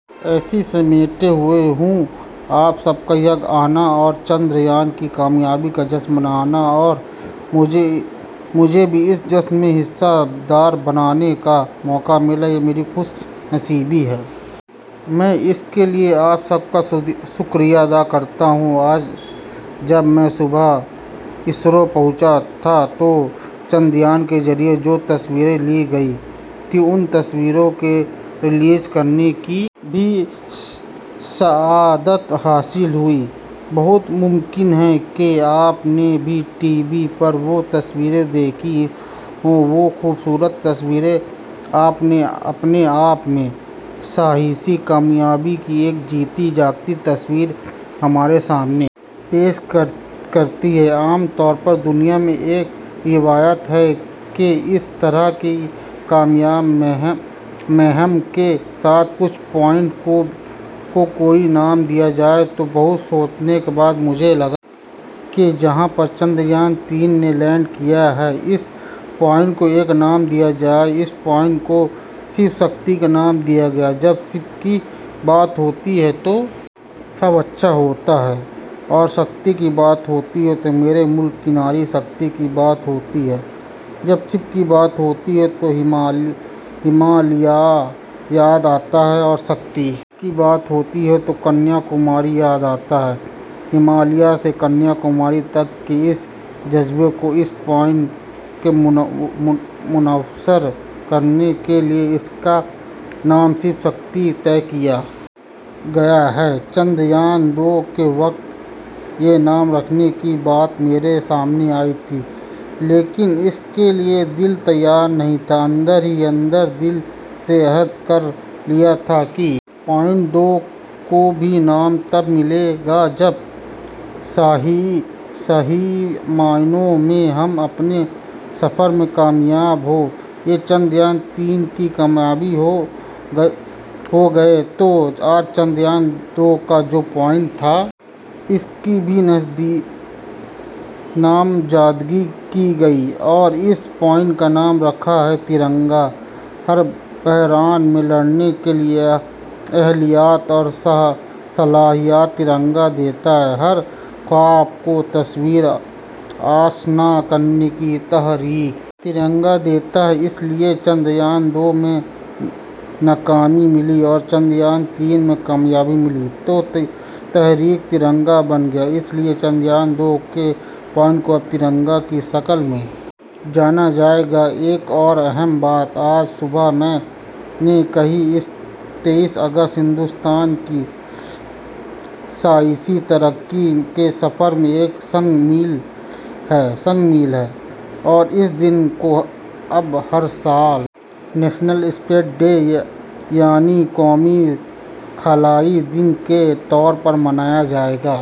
ایسی سخت دھوپ میں آپ سب کا یہاں آنا اور چندریان کی کامیابی کا جشن منانا اور مجھے بھی اس جشن میں حصہ دار بننے کا موقع ملا یہ میری خوش نصیبی ہے میں اس کے لیے آپ سب کا شکریہ ادا کرتا ہوں آج جب میں صبح اسرو پہنچا تھا تو چندریان کے ذریعے جو تصویریں لی گئی تھیں ان تصویروں کو ریلیز کرنے کی بھی سعادت حاصل ہوئی بہت ممکن ہے کہ آپ نے بھی ٹی وی پر وہ تصویریں دیکھی ہوں وہ خوبصورت تصویریں اپنے آپ میں سائنسی کامیابی کی ایک جیتی جاگتی تصویر ہمارے سامنے پیش کرتی ہیں عام طور پر دنیا میں ایک روایت ہے کہ اس طرح کی کامیاب مہم کے ساتھ کچھ پوائنٹس کو کوئی نام دیا جائے تو بہت سوچنے کے بعد مجھے لگا کہ جہاں پر چندریان تین نے لینڈ کیا ہے اس پوائنٹ کو ایک نام دیا جائے اس پوائنٹ کو شیو شکتی کا نام دیا گیا ہے جب شیو کی بات ہوتی ہے تو سب اچھا ہوتا ہے اور شکتی کی بات ہوتی ہے تو میرے ملک کی ناری شکتی کی بات ہوتی ہے جب شیو کی بات ہوتی ہے تو ہمالیہ یاد آتا ہے اور شکتی کی بات ہوتی ہے تو کنیا کماری یاد آتا ہے ہمالیہ سے کنیا کماری تک کے اس جذبے کو اس پوائنٹ میں منعکس کرنے کے لیے اس کا نام شیو شکتی طے کیا گیا ہے چندریان دو کے وقت یہ نام رکھنے کی بات میرے سامنے آئی تھی لیکن اس کے لیے دل تیار نہیں تھا اندر ہی اندر دل نے عہد کر لیا تھا کہ پوائنٹ دو کو بھی نام تب ملے گا جب صحیح معنوں میں ہم اپنے سفر میں کامیاب ہوں گے چندریان تین میں کامیاب ہو گئے تو آج چندریان دو کا جو پوائنٹ تھا اس کی بھی نامزدگی کی گئی اور اس پوائنٹ کا نام رکھا ہے ترنگا ہر بحران سے لڑنے کی اہلیت اور صلاحیت ترنگا دیتا ہے ہر خواب کو تعبیر آشنا کرنے کی تحریک ترنگا دیتا ہے اس لیے چندریان دو میں ناکامی ملی اور چندریان تین میں کامیابی ملی تو تحریک ترنگا بن گیا اس لیے چندریان دو کے پوائنٹ کو اب ترنگا کی شکل میں جانا جائے گا ایک اور اہم بات آج صبح میں نے کہی ہے تئیس اگست ہندوستان کی سائنسی ترقی کے سفر میں ایک سنگ میل ہے اور اس دن کو اب ہر سال نیشنل اسپیس ڈے یعنی قومی خلائی دن کے طور پر منایا جائے گا